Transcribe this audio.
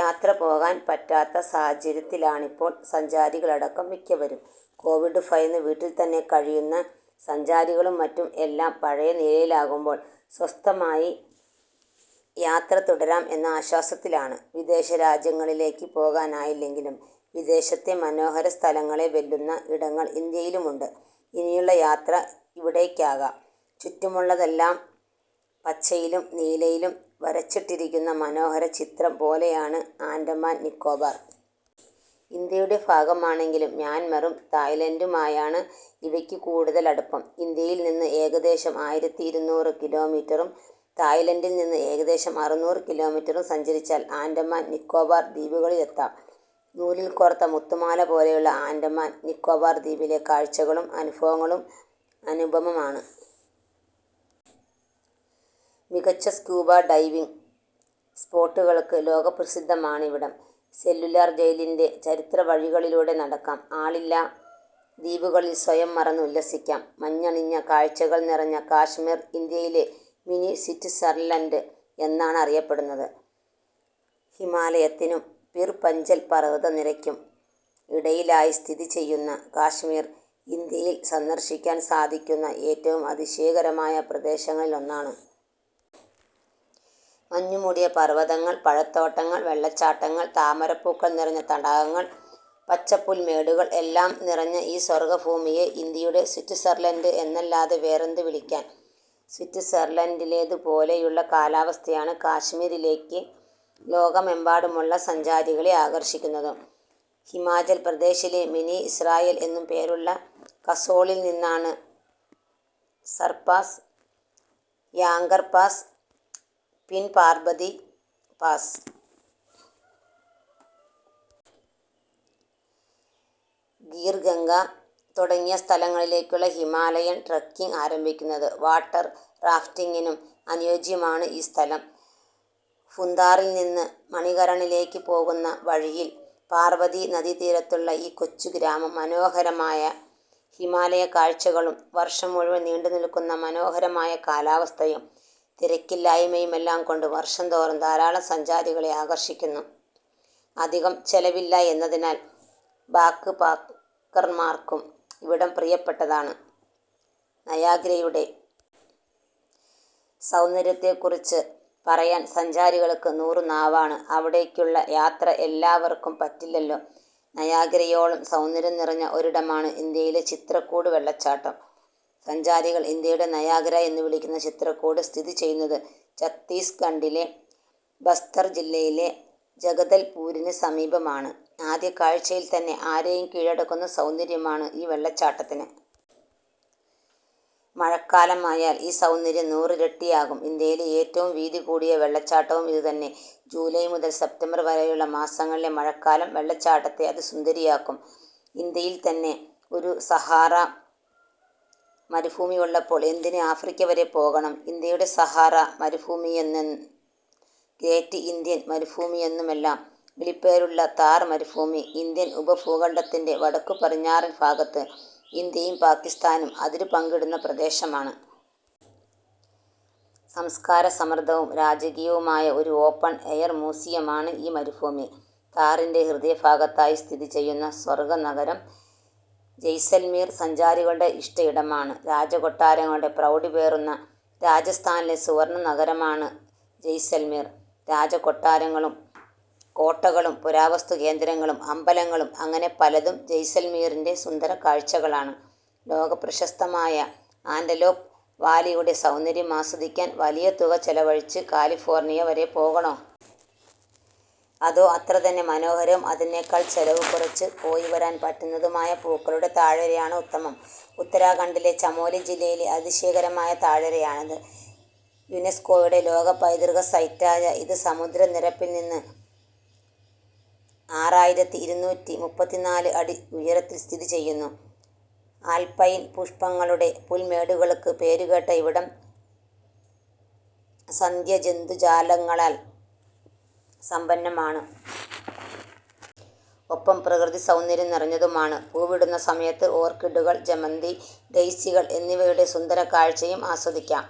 യാത്ര പോകാൻ പറ്റാത്ത സാഹചര്യത്തിലാണിപ്പോൾ സഞ്ചാരികളടക്കം മിക്കവരും. കോവിഡ് ഭയന്ന് വീട്ടിൽത്തന്നെ കഴിയുന്ന സഞ്ചാരികളും മറ്റും എല്ലാം പഴയനിലയിലാകുമ്പോൾ സ്വസ്ഥമായി യാത്ര തുടരാം എന്ന ആശ്വാസത്തിലാണ്. വിദേശരാജ്യങ്ങളിലേക്ക് പോകാനായില്ലെങ്കിലും വിദേശത്തെ മനോഹര സ്ഥലങ്ങളെ വെല്ലുന്ന ഇടങ്ങൾ ഇന്ത്യയിലുമുണ്ട്. ഇനിയുള്ള യാത്ര ഇവിടേക്കാകാം. ചുറ്റുമുള്ളതെല്ലാം പച്ചയിലും നീലയിലും വരച്ചിട്ടിരിക്കുന്ന മനോഹര ചിത്രം പോലെയാണ് ആൻഡമാൻ നിക്കോബാർ. ഇന്ത്യയുടെ ഭാഗമാണെങ്കിലും മ്യാൻമറും തായ്‌ലൻഡുമായാണ് ഇവയ്ക്ക് കൂടുതൽ അടുപ്പം. ഇന്ത്യയിൽ നിന്ന് ഏകദേശം ആയിരത്തി ഇരുന്നൂറ് കിലോമീറ്ററും തായ്‌ലൻഡിൽ നിന്ന് ഏകദേശം അറുനൂറ് കിലോമീറ്ററും സഞ്ചരിച്ചാൽ ആൻഡമാൻ നിക്കോബാർ ദ്വീപുകളിൽ എത്താം. നൂലിൽ കോർത്ത മുത്തുമാല പോലെയുള്ള ആൻഡമാൻ നിക്കോബാർ ദ്വീപിലെ കാഴ്ചകളും അനുഭവങ്ങളും അനുപമമാണ്. മികച്ച സ്കൂബ ഡൈവിങ് സ്പോട്ടുകൾക്ക് ലോകപ്രസിദ്ധമാണിവിടം. സെല്ലുലാർ ജയിലിൻറെ ചരിത്രവഴികളിലൂടെ നടക്കാം. ആളില്ലാ ദ്വീപുകളിൽ സ്വയം മറന്ന് ഉല്ലസിക്കാം. മഞ്ഞണിഞ്ഞ കാഴ്ചകൾ നിറഞ്ഞ കശ്മീർ ഇന്ത്യയിലെ മിനി സ്വിറ്റ്സർലൻഡ് എന്നാണ് അറിയപ്പെടുന്നത്. ഹിമാലയത്തിനും പിർ പഞ്ചൽ പർവതനിരയ്ക്കും ഇടയിലായി സ്ഥിതി ചെയ്യുന്ന കശ്മീർ ഇന്ത്യയിൽ സന്ദർശിക്കാൻ സാധിക്കുന്ന ഏറ്റവും അതിശയകരമായ പ്രദേശങ്ങളിലൊന്നാണ്. മഞ്ഞുമൂടിയ പർവതങ്ങൾ. പഴത്തോട്ടങ്ങൾ. വെള്ളച്ചാട്ടങ്ങൾ. താമരപ്പൂക്കൾ നിറഞ്ഞ തടാകങ്ങൾ. പച്ചപ്പുൽമേടുകൾ. എല്ലാം നിറഞ്ഞ ഈ സ്വർഗഭൂമിയെ ഇന്ത്യയുടെ സ്വിറ്റ്സർലൻഡ് എന്നല്ലാതെ വേറെന്ത് വിളിക്കാൻ. സ്വിറ്റ്സർലൻഡിലേതുപോലെയുള്ള കാലാവസ്ഥയാണ് കശ്മീരിലേക്ക് ലോകമെമ്പാടുമുള്ള സഞ്ചാരികളെ ആകർഷിക്കുന്നതും. ഹിമാചൽ പ്രദേശിലെ മിനി ഇസ്രയേൽ എന്നും പേരുള്ള കസോളിൽനിന്നാണ് സർപാസ്. യാങ്കർ പാസ്. പിൻപാർബതി പാസ്. ഖീർഗംഗ തുടങ്ങിയ സ്ഥലങ്ങളിലേക്കുള്ള ഹിമാലയൻ ട്രെക്കിങ് ആരംഭിക്കുന്നത്. വാട്ടർ റാഫ്റ്റിങ്ങിനും അനുയോജ്യമാണ് ഈ സ്ഥലം. ഭുന്താറിൽനിന്ന് മണികരണിലേക്ക് പോകുന്ന വഴിയിൽ പാർവതി നദീതീരത്തുള്ള ഈ കൊച്ചുഗ്രാമം മനോഹരമായ ഹിമാലയക്കാഴ്ചകളും വർഷം മുഴുവൻ നീണ്ടുനിൽക്കുന്ന മനോഹരമായ കാലാവസ്ഥയും തിരക്കില്ലായ്മയുമെല്ലാം കൊണ്ട് വർഷംതോറും ധാരാളം സഞ്ചാരികളെ ആകർഷിക്കുന്നു. അധികം ചെലവില്ല എന്നതിനാൽ ബാക്ക്പാക്കർമാർക്കും ഇവിടം പ്രിയപ്പെട്ടതാണ്. നയാഗ്രയുടെ സൗന്ദര്യത്തെക്കുറിച്ച് പറയാൻ സഞ്ചാരികൾക്ക് നൂറുനാവാണ്. അവിടേക്കുള്ള യാത്ര എല്ലാവർക്കും പറ്റില്ലല്ലോ. നയാഗ്രയോളം സൗന്ദര്യം നിറഞ്ഞ ഒരിടമാണ് ഇന്ത്യയിലെ ചിത്രകൂട് വെള്ളച്ചാട്ടം. സഞ്ചാരികൾ ഇന്ത്യയുടെ നയാഗ്ര എന്നു വിളിക്കുന്ന ചിത്രകൂട് സ്ഥിതി ചെയ്യുന്നത് ഛത്തീസ്ഗഢിലെ ബസ്തർ ജില്ലയിലെ ജഗദൽപുരിന് സമീപമാണ്. ആദ്യകാഴ്ചയിൽത്തന്നെ ആരെയും കീഴടക്കുന്ന സൗന്ദര്യമാണ് ഈ വെള്ളച്ചാട്ടത്തിന്. മഴക്കാലമായാൽ ഈ സൗന്ദര്യം നൂറിരട്ടിയാകും. ഇന്ത്യയിലെ ഏറ്റവും വീതികൂടിയ വെള്ളച്ചാട്ടവും ഇതുതന്നെ. ജൂലൈ മുതൽ സെപ്റ്റംബർ വരെയുള്ള മാസങ്ങളിലെ മഴക്കാലം വെള്ളച്ചാട്ടത്തെ അതിസുന്ദരിയാക്കും. ഇന്ത്യയിൽത്തന്നെ ഒരു സഹാറ മരുഭൂമിയുള്ളപ്പോൾ എന്തിന് ആഫ്രിക്ക വരെ പോകണം. ഇന്ത്യയുടെ സഹാറ മരുഭൂമിയെന്നും ഗ്രേറ്റ് ഇന്ത്യൻ മരുഭൂമിയെന്നുമെല്ലാം വിളിപ്പേരുള്ള താർ മരുഭൂമി ഇന്ത്യൻ ഉപഭൂഖണ്ഡത്തിൻറെ വടക്കുപടിഞ്ഞാറൻ ഭാഗത്ത് ഇന്ത്യയും പാക്കിസ്ഥാനും അതിരു പങ്കിടുന്ന പ്രദേശമാണ്. സംസ്കാരസമൃദ്ധവും രാജകീയവുമായ ഒരു ഓപ്പൺ എയർ മ്യൂസിയമാണ് ഈ മരുഭൂമി. താറിൻറെ ഹൃദയഭാഗത്തായി സ്ഥിതിചെയ്യുന്ന സ്വർഗനഗരം ജയ്‌സൽമീർ സഞ്ചാരികളുടെ ഇഷ്ടയിടമാണ്. രാജകൊട്ടാരങ്ങളുടെ പ്രൗഢി പേറുന്ന രാജസ്ഥാനിലെ സുവർണനഗരമാണ് ജയ്‌സൽമീർ. രാജകൊട്ടാരങ്ങളും കോട്ടകളും പുരാവസ്തുകേന്ദ്രങ്ങളും അമ്പലങ്ങളും അങ്ങനെ പലതും ജയ്‌സൽമീറിൻറെ സുന്ദരകാഴ്ചകളാണ്. ലോകപ്രശസ്തമായ ആന്റലോപ് വാലിയുടെ സൗന്ദര്യം ആസ്വദിക്കാൻ വലിയ തുക ചെലവഴിച്ച് കാലിഫോർണിയ വരെ പോകണോ. അതോ അത്രതന്നെ മനോഹരവും അതിനേക്കാൾ ചെലവുകുറച്ച് പോയിവരാൻ പറ്റുന്നതുമായ പൂക്കളുടെ താഴ്വരയാണോ ഉത്തമം. ഉത്തരാഖണ്ഡിലെ ചമോലി ജില്ലയിലെ അതിശയകരമായ താഴ്വരയാണിത്. യുനെസ്കോയുടെ ലോക പൈതൃക സൈറ്റായ ഇത് സമുദ്രനിരപ്പിൽനിന്ന് ആറായിരത്തി ഇരുന്നൂറ്റി മുപ്പത്തിനാല് അടി ഉയരത്തിൽ സ്ഥിതി ചെയ്യുന്നു. ആൽപൈൻ പുഷ്പങ്ങളുടെ പുൽമേടുകൾക്ക് പേരുകേട്ട ഇവിടംസന്ധ്യ ജന്തുജാലങ്ങളാൽ സമ്പന്നമാണ്. ഒപ്പം പ്രകൃതിസൗന്ദര്യം നിറഞ്ഞതുമാണ്. പൂവിടുന്ന സമയത്ത് ഓർക്കിഡുകൾ. ജമന്തി. ഡെയ്സികൾ എന്നിവയുടെ സുന്ദരകാഴ്ചയും ആസ്വദിക്കാം.